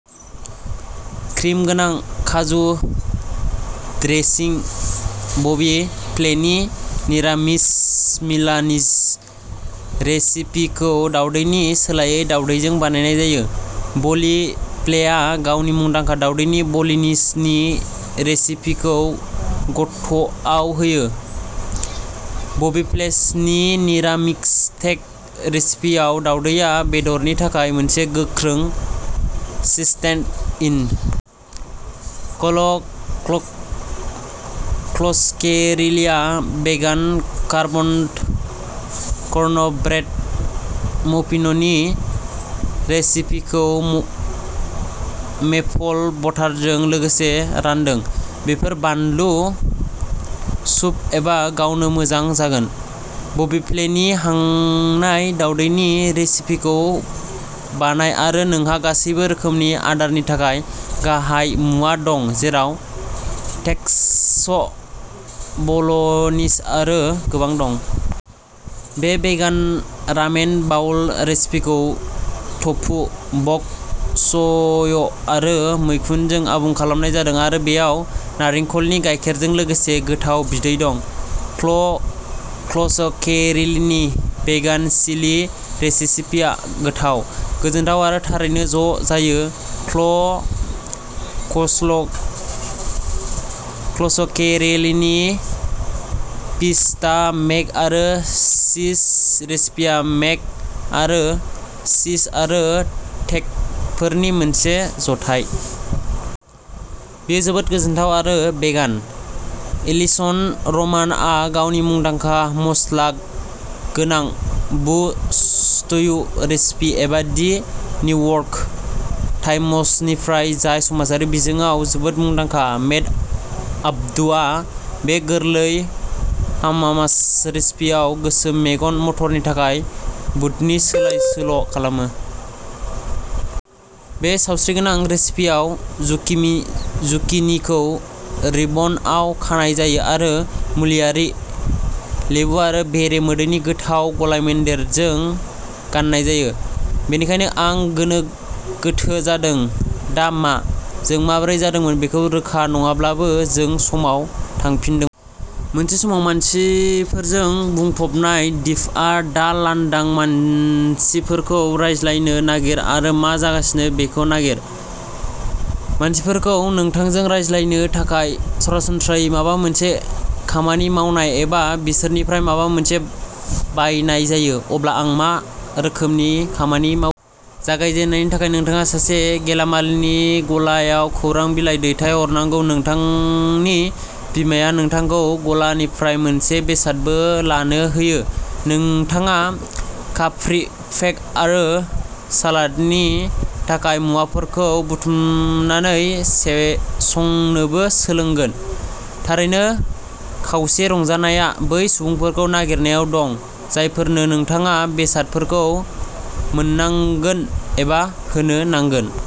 Cream गोनां काजु dressing. बबि फ्लेनि निरामिस मिलानिज रेसिपिखौ दावदैनि सोलायै दावदैजों बानायनाय जायो। बबि फ्लेआ गावनि मुंदांखा दावदैनि बल'नीजनि रेसिपिखौ गेत'आव होयो। बबि फ्लेनि बे निरामिस टेक' रेसिपिआव, दावदैया बेदरनि थाखाय मोनसे गोख्रों स्टेन्ड इन। क्ल'कस्केरेलिआ भेगान कर्नब्रेड माफिननि रेसिपिखौ मेपल बाटारजों लोगोसे रानदों। बेफोर बानलु, सुप एबा गावनो मोजां जागोन। बबि फ्लेनि हांनाय दावदैनि रेसिपिखौ बानाय आरो नोंहा गासैबो रोखोमनि आदारनि थाखाय गाहाय मुवा दं, जेराव टेक'स, बल'नीज आरो गोबां दं। बे भेगान रामेन बाउल रेसिपिखौ टफु, बक च'य आरो मैखुनजों आबुं खालामनाय जादों आरो बेयाव नारेंखलनि गायखेरजों लोगोसे गोथाव बिदै दं। क्ल'कस्केरेलिनि भेगान चिलि रेसिपिया गोथाव, गोजोनथाव आरो थाबैनो ज' जायो। क्ल'कस्केरेलिनि फिएस्टा मेक आरो चीज रेसिपिया मेक आरो चीज आरो टेक'फोरनि मोनसे जथाय। बेयो जोबोद गोजोनथाव आरो भेगान! एलिसन रमानआ गावनि मुंदांखा मस्ला गोनां बु स्ट्यु रेसिपि एबा दि निउयर्क टाइम्सनिफ्राय जाय समाजारि बिजोङाव जोबोद मुंदांखा। मेट आब्दुआ बे गोरलै हाम्मास रेसिपिआव गोसोम मेगन मटरनि थाखाय बुदनि सोलाय सोल' खालामो। बे सावस्रिगोनां रेसिपिआव, जुखिमि जुकिनिखौ रिबनआव खानाय जायो आरो मुलियारि, लेबु आरो बेरे मोदैनि गोथाव गलायमोन्देरजों गाननाय जायो। बेनिखायनो आं गोनो गोथो जादों, दा मा? जों माबोरै जादोंमोन बेखौ रोखा नङाब्लाबो, जों समाव थांफिनदोंमोन। मोनसे समाव मानसिफोरजों बुंफबनाय दिपआ दा लांदां। मानसिफोरखौ रायज्लायनो नागिर आरो मा जागासिनो बेखौ नागिर। मानसिफोरखौ नोंथांजों रायज्लायनो थाखाय सरासनस्रायै माबा मोनसे खामानि मावनाय एबा बिसोरनिफ्राय माबा मोनसे बायनाय जायो। अब्ला आं मा रोखोमनि खामानि मा? जागायजेननायनि थाखाय नोंथाङा सासे गेलामालनि गलायाव खौरां बिलाइ दैथाय हरनांगौ। नोंथांनि बिमाया नोंथांखौ गलानिफ्राय मोनसे बेसादबो लानो होयो। नोंथाङा काप्रि केक आरो सालादनि थाखाय मुवाफोरखौ बुथुमनानै से संनोबो सोलोंगोन! थारैनो, खावसे रंजानायआ बै सुबुंफोरखौ नागिरनायाव दं, जायफोरनो नोंथाङा बेसादफोरखौ मोननांगोन एबा होनो नांगोन।